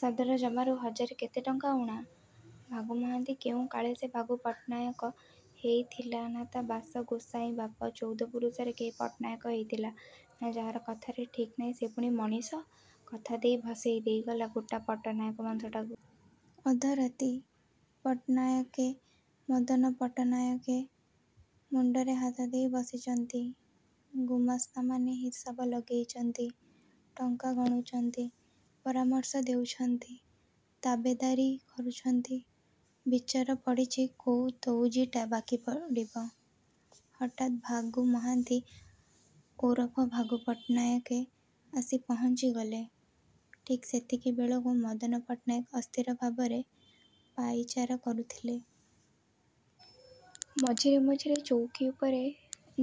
ସଦର ଜମାରୁ ହଜାରେ କେତେ ଟଙ୍କା ଊଣା। ଭାଗୁ ମହାନ୍ତି କେଉଁ କାଳେ ସେ ଭାଗୁ ପଟ୍ଟନାୟକ ହେଇ ଥିଲା ନା ତା ବାସ ଗୋସାଇଁବାପ ଚଉଦ ପୁରୁଷରେ କେହି ପଟ୍ଟନାୟକ ହେଇଥିଲା ନା ଯାହାର କଥାରେ ଠିକ୍ ନାହିଁ ସେ ପୁଣି ମଣିଷ! କଥା ଦେଇ ଭସେଇ ଦେଇଗଲା ଗୋଟା ପଟ୍ଟନାୟକ ମ୍ୟନ୍ତ୍ରଟାକୁ। ଅଧରାତି। ପଟ୍ଟନାୟକେ ମଦନ ପଟ୍ଟନାୟକେ ମୁଣ୍ଡରେ ହାତ ଦେଇ ବସିଚନ୍ତି। ଗୁମାସ୍ତାମାନେ ହିସାବ ଲଗେଇଚନ୍ତି, ଟଙ୍କା ଗଣୁଚନ୍ତି, ପରାମର୍ଶ ଦେଉଛନ୍ତି, ତାବେଦାରୀ କରୁଛନ୍ତି। ବିଚାର ପଡ଼ିଚି, କୋଉ ତଉଜୀଟା ବାକି ପଡ଼ିବ। ହଠାତ ଭାଗୁ ମହାନ୍ତି ଓରଫ ଭାଗୁ ପଟ୍ଟନାୟକେ ଆସି ପହଞ୍ଚିଗଲେ। ଠିକ୍ ସେତିକି ବେଳକୁ ମଦନ ପଟ୍ଟନାୟକେ ଅସ୍ଥିର ଭାବରେ ପାଇଚାର କରୁଥିଲେ। ମଝିରେ ମଝିରେ ଚଉକି ଉପରେ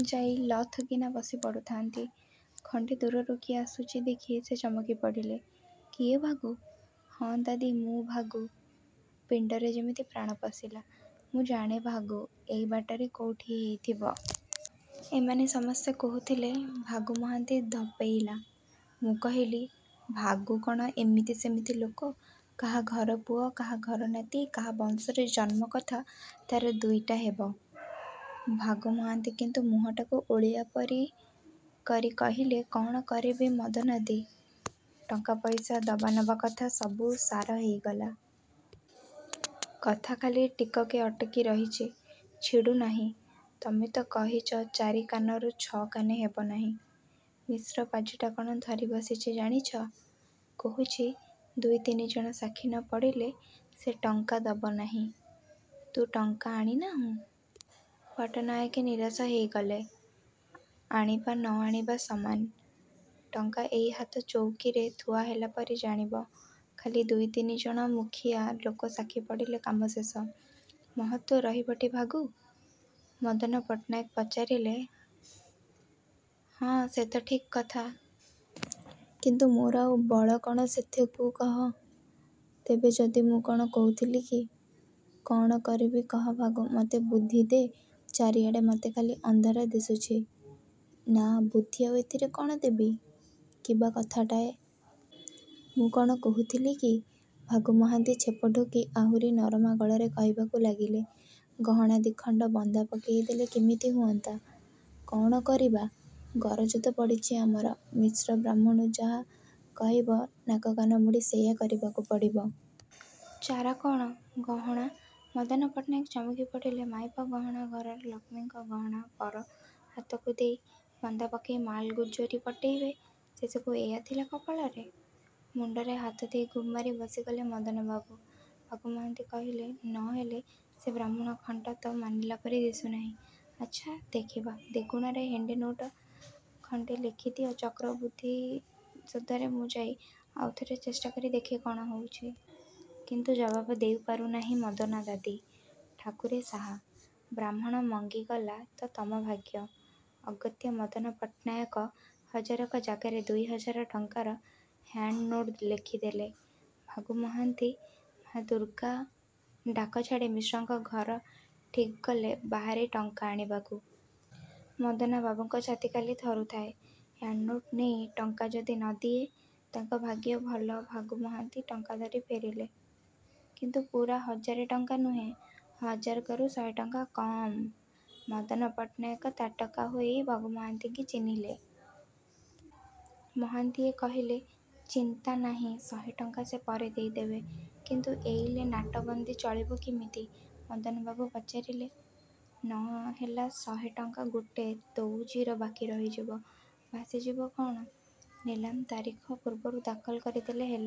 ଯାଇ ଲଥ କିନା ବସି ପଡ଼ୁଥାନ୍ତି। ଖଣ୍ଡେ ଦୂରରୁ କିଏ ଆସୁଚି ଦେଖି ସେ ଚମକି ପଡ଼ିଲେ''କିଏ ଭାଗୁ? '' ''ହଁ ଦାଦି, ମୁଁ ଭାଗୁ। '' ପିଣ୍ଡରେ ଯେମିତି ପ୍ରାଣ ପଶିଲା। ''ମୁଁ ଜାଣେ ଭାଗୁ ଏଇ ବାଟରେ କୋଉଠି ହେଇଥିବ। ଏମାନେ ସମସ୍ତେ କହୁଥିଲେ ଭାଗୁ ମହାନ୍ତି ଧପେଇଲା। ମୁଁ କହିଲି, ଭାଗୁ କ'ଣ ଇମିତି ସିମିତି ଲୋକ କାହା ଘର ପୁଅ, କାହା ଘର ନାତି, କାହା ବଂଶରେ ଜନ୍ମ କଥା ତା'ର ଦୁଇଟା ହେବ? '' ଭାଗୁ ମହାନ୍ତି କିନ୍ତୁ ମୁହଁଟାକୁ ଓଳିଆ ପରି କରି କହିଲେ କ'ଣ କରିବି ମଦନାଦି, ଟଙ୍କା ପଇସା ଦବାନବା କଥା ସବୁ ସାର ହୋଇଗଲା। କଥା ଖାଲି ଟିକକେ ଅଟକି ରହିଚି। ଛିଡ଼ୁ ନାହିଁ। ତମେ ତ କହିଚ ଚାରି କାନରୁ ଛ' କାନେ ହେବନାହିଁ। ମିଶ୍ର ପାଜିଟା କ'ଣ ଧରିବସିଚି ଜାଣିଛ? କୋହୁଛି ଦୁଇ ତିନିଜଣ ସାକ୍ଷୀ ନ ପଡ଼ିଲେ ସେ ଟଙ୍କା ଦବ ନାହିଁ। '' ''ତୁ ଟଙ୍କା ଆଣି ନାହୁଁ? ପଟ୍ଟନାୟକେ ନିରାଶ ହେଇଗଲେ। ''ଆଣିବା ନ ଆଣିବା ସମାନ। ଟଙ୍କା ଏଇ ହାତଚଉକିରେ ଥୁଆ ହେଲାପରି ଜାଣିବ, ଖାଲି ଦୁଇ ତିନିଜଣ ମୁଖିଆ ଲୋକ ସାକ୍ଷୀ ପଡ଼ିଲେ କାମ ଶେଷ। '' ''ମହତ୍ତ୍ୱ ରହିବଟି ଭାଗୁ? '' ମଦନ ପଟ୍ଟନାୟକ ପଚାରିଲେ। ''ହଁ, ସେ ତ ଠିକ୍ କଥା। କିନ୍ତୁ ମୋର ଆଉ ବଳ କ'ଣ ସେଥିକୁ କହ। ତେବେ ଯଦି ମୁଁ କ'ଣ କୋହୁଥିଲି କି''। ''କ'ଣ କରିବି କହ ଭାଗୁ ମୋତେ ବୁଦ୍ଧିଦେ ଚାରିଆଡ଼େ ମୋତେ ଖାଲି ଅନ୍ଧାର ଦିଶୁଛି। '' ''ନା, ବୁଦ୍ଧି ଆଉ ଏଥିରେ କ'ଣ ଦେବି। କିବା କଥାଟାଏ। ମୁଁ କ'ଣ କୋହୁଥିଲି କି'' ଭାଗୁ ମହାନ୍ତି ଛେପ ଢୋକି ଆହୁରି ନରମା ଗଳାରେ କହିବାକୁ ଲାଗିଲେ, ''ଗହଣା ଦି'ଖଣ୍ଡ ବନ୍ଧା ପକେଇ ଦେଲେ କିମିତି ହୁଅନ୍ତା। କ'ଣ କରିବା? ଗରଜ ତ ପଡ଼ିଚି ଆମର, ମିଶ୍ର ବାହ୍ମୁଣ ଯାହା କହିବ ନାକ କାନ ମୋଡ଼ି ସେଇୟା କରିବାକୁ ପଡ଼ିବ। ଚାରା କ'ଣ? '' ଗହଣା! ମଦନ ପଟ୍ଟନାୟେକେ ଚମକି ପଡ଼ିଲେ। ମାଇପ ଗହଣା ଘରର ଲକ୍ଷ୍ମୀଙ୍କ ଗହଣା ପର ହାତକୁ ଦେଇ, ବନ୍ଧା ପକେଇ ମାଲ୍ ଗୁଜ୍ଜରୀ ପଟେଇବେ! ଶେଷକୁ ଏଇୟା ଥିଲା କପାଳରେ। ମୁଣ୍ଡରେ ହାତଦେଇ ଗୁମ୍ ମାରି ବସିଗଲେ ମଦନବାବୁ। ଭାଗୁ ମହାନ୍ତି କହିଲେ, ''ନ ହେଲେ ସେ ବାହ୍ମୁଣ ଖଣ୍ଟ ତ ମାନିଲା ପରି ଦିଶୁ ନାହିଁ ଆଚ୍ଛା, ଦେଖିବା, ଦିଗୁଣାରେ ହେଣ୍ଡନୋଟ ଖଣ୍ଡେ ଲେଖିଦିଅ ଚକ୍ରବୃଦ୍ଧି ସୁଧରେ ମୁଁ ଯାଇ ଆଉଥରେ ଚେଷ୍ଟା କରି ଦେଖେ କ'ଣ ହେଉଛି। କିନ୍ତୁ ଜବାବ ଦେଇପାରୁ ନାହିଁ ମଦନାଦାଦି। ''ଠାକୁରେ ସାହା। ବ୍ରାହ୍ମଣ ମଙ୍ଗିଗଲା ତ ତମ ଭାଗ୍ୟ। '' ଅଗତ୍ୟା ମଦନ ପଟ୍ଟନାୟକ ହଜାରକ ଜାଗାରେ ଦୁଇ ହଜାର ଟଙ୍କାର ହ୍ୟାଣ୍ଡନୋଟ ଲେଖିଦେଲେ। ଭାଗୁ ମହାନ୍ତି 'ମା ଦୁର୍ଗା! ' ଡାକ ଛାଡ଼ି ମିଶ୍ରଙ୍କ ଘରଠିକ୍ ଗଲେ ବାହାରି ଟଙ୍କା ଆଣିବାକୁ। ମଦନବାବୁଙ୍କ ଛାତି ଖାଲି ଥରୁଥାଏ। ହ୍ୟାଣ୍ଡନୋଟ ନେଇ ଟଙ୍କା ଯଦି ନ ଦିଏ। ତାଙ୍କ ଭାଗ୍ୟ ଭଲ ଭାଗୁ ମହାନ୍ତି ଟଙ୍କା ଧରି ଫେରିଲେ। କିନ୍ତୁ ପୂରା ହଜାରେ ଟଙ୍କା ନୁହେଁ। ହଜାର କରୁ ଶହେ ଟଙ୍କା କମ୍। ମଦନ ପଟ୍ଟନାୟକ ତାଟକା ହୋଇ ଭାଗୁ ମହାନ୍ତିଙ୍କି ଚିହିଁଲେ। ମହାନ୍ତିଏ କହିଲେ''ଚିନ୍ତା ନାହିଁ ଶହେ ଟଙ୍କା ସେ ପରେ ଦେଇ ଦେବେ। '' ''କିନ୍ତୁ ଏଇଲେ ନାଟବନ୍ଦୀ ଚଳିବ କିମିତି? '' ମଦନବାବୁ ପଚାରିଲେ। ''ନ ହେଲା, ଶହେ ଟଙ୍କା ଗୋଟେ ତୋଉଜୀର ବାକି ରହିଯିବ। ଭାସିଯିବ କ'ଣ? ନିଲାମ ତାରିଖ ପୂର୍ବରୁ ଦାଖଲ କରି ଦେଲେ ହେଲା।